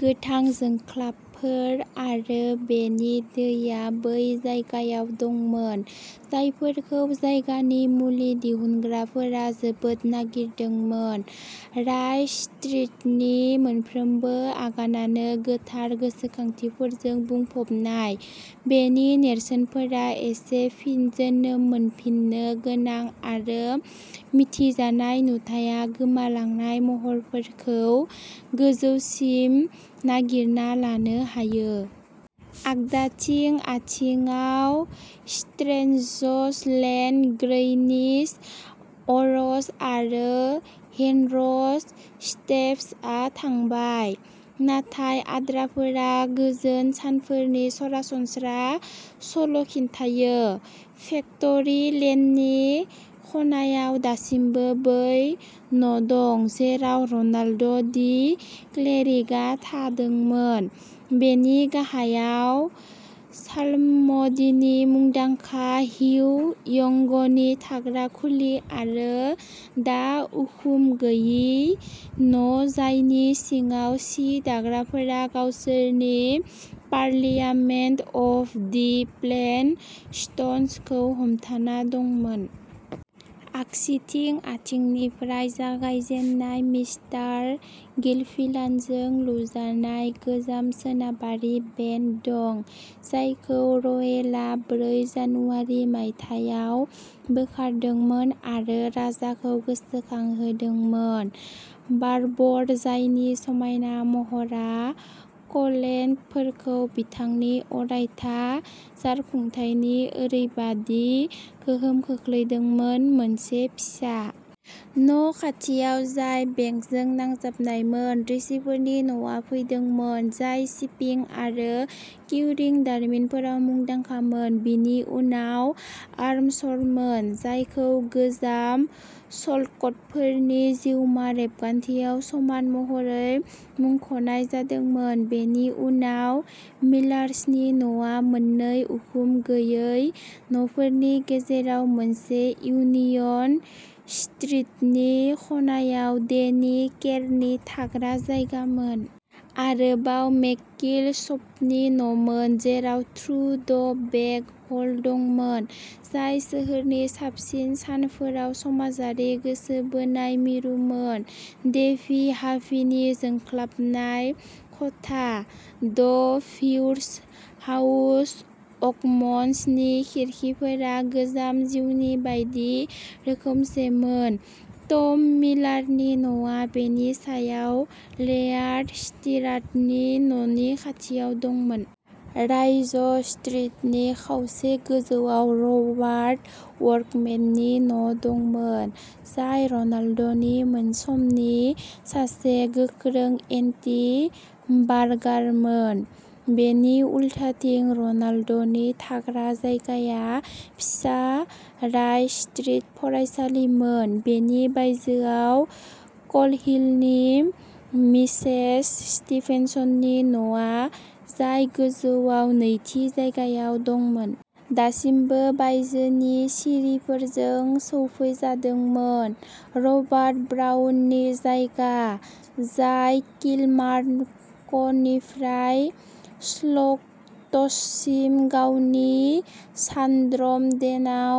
गोथां जोंख्लाबफोर आरो बेनि दैया बै जायगायाव दंमोन जायफोरखौ जायगानि मुलि दिहुनग्राफोरा जोबोद नागिरदोंमोन। रायज स्ट्रिटनि मोनफ्रोमबो आगानानो गोथार गोसोखांथिफोरजों बुंफबनाय। बेनि नेरसोनफोरा एसे फिन जोनोम मोनफिननो गोनां आरो मिथिजानाय नुथाया गोमालांनाय महरफोरखौ गोजौसिम नागिरना लानो हायो। आगदाथिं आथिंआव स्ट्रेन्ज’स लेन्ड ग्रैनिस अर’स आरो हेनरि'स स्टेप्स आ थांबाय। नाथाय आद्राफोरा गोजोन सानफोरनि सरासनस्रा सल'खिन्थायो। फेक्टरि लेननि खनायाव दासिमबो बै न'दं जेराव र'नाल्ड दि क्लेरिकआ थादोंमोन। बेनि गाहायाव साल्म'डिनि मुंदांखा हिउ यंगनि थाग्रा खुलि आरो दा उखुम गैयै न' जायनि सिगाङाव सि दाग्राफोरा गावसोरनि parliament of the plain stones खौ हमथाना दंमोन। आगसिथिं आथिंनिफ्राय जागायजेननाय मिस्टार गिलफिलानजों लुजानाय गोजाम सोनाबारि बेन्ड दं। जायखौ रयेला ब्रै जानुवारि मायथाइयाव बोखारदोंमोन आरो राजाखौ गोसोखांहोदोंमोन। बार्बर जायनि समायना महरआ क'लेन्ट फोरखौ बिथांनि अरायथा जारखुंथायनि ओरैबादि गोहोम खोख्लैदोंमोन। मोनसे फिसा न'नि खाथियाव जाय बेंकजों नांजाबनायमोन, रिचिफोरनि न'आ फैदोंमोन, जाय शिपिं आरो किउरिं दारिमिनफोराव मुंदांखामोन बिनि उनाव आर्मर्समोन जायखौ गोजाम सल्टक'टफोरनि जिउमा रेबगान्थियाव समान महरै मुंख'नाय जादोंमोन बेनि उनाव मिलार्सनि न'आ मोननै उखुम गैयै न'फोरनि गेजेराव मोनसे इउनियन स्ट्रिटनि खनायाव डेनि केरनि थाग्रा जायगामोन। आरोबाव मेककिलप्सनि न'मोन। जेराव थ्रु द बेक ह'ल दंमोन, जाय सोहोरनि साबसिन सानफोराव समाजारि गोसो बोनाय मिरुमोन। डेभि हाभिनि जोंख्लाबनाय खथा। द भिवर्स हाउस अ'कमन्स नि खिरखिफोरा गोजाम जिउनि बायदि रोखोमसेमोन। टम मिलारनि न'आ बेनि सायाव लेयार्ड स्टिराटनि न'नि खाथियाव दंमोन। राइज स्ट्रिटनि खावसे गोजौआव रबार्ट वर्कमेननि न'दंमोन जाय र'नाल्डनि समनि सासे गोख्रों एन्टि बार्गारमोन। बिनि उल्थाथिं र'नाल्डनि थाग्रा जायगाया फिसा रायज स्ट्रिट फरायसालिमोन बेनि बायजोआव क'ल्हिलनि मिसेस स्टिभेन्सननि न'आ जाय गोजौआव नैथि जायगायाव दंमोन। दासिमबो बायजोनि सिरिफोरजों सौफैजादोंमोन‌ रबार्ट ब्राउननि जायगा जाय किलमार्नकनिफ्राय सल्टक'ट्ससिम गावनि शानड्रम डेन आव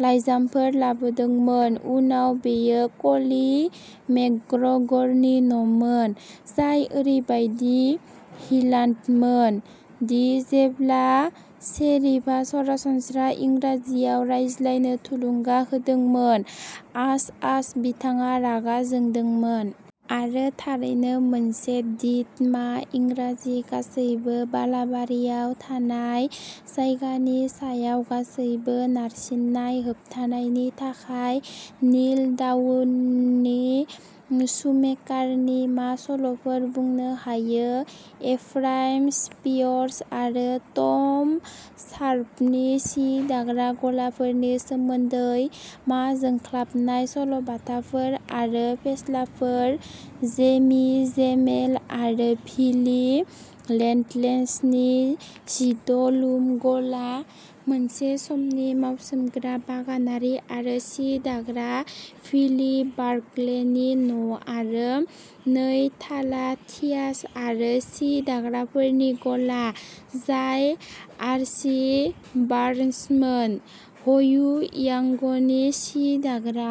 लाइजामफोर लाबोदोंमोन। उनाव बेयो कलिन मेकग्रेगरनि न'मोन। जाय ओरैबायदि हिलान्ट मोन दि जेब्ला शेरिफआ सरासनस्रा इंराजियाव रायज्लायनो थुलुंगा होदोंमोन आच आच बिथाङा रागा जोंदोंमोन। आरो थारैनो मोनसे डिट मा इंराजि गासैबो बालाबारियाव नाथाय जायगानि सायाव गासैबो नारसिननाय होबथानायनि थाखाय निल डाउनि शुमेकार नि मा सल'फोर बुंनो हायो। एफ्राइम स्पियर्स आरो टम शार्पनि सि दाग्रा गलाफोरनि सोमोन्दै मा जोंख्लाबनाय सल'बाथाफोर आरो फेस्लाफोर जेमि जेमेल आरो भिलि लेनलेन्डसनि जिद' लुम गला मोनसे समनि मावसोमग्रा बागानारि आरो सि दाग्रा भिलि बार्कलेनि न’आरो नै थाला थ्याच आरो सि दाग्राफोरनि गला जाय आर्ची बार्न्समोन हयु यांगनि सि दाग्रा।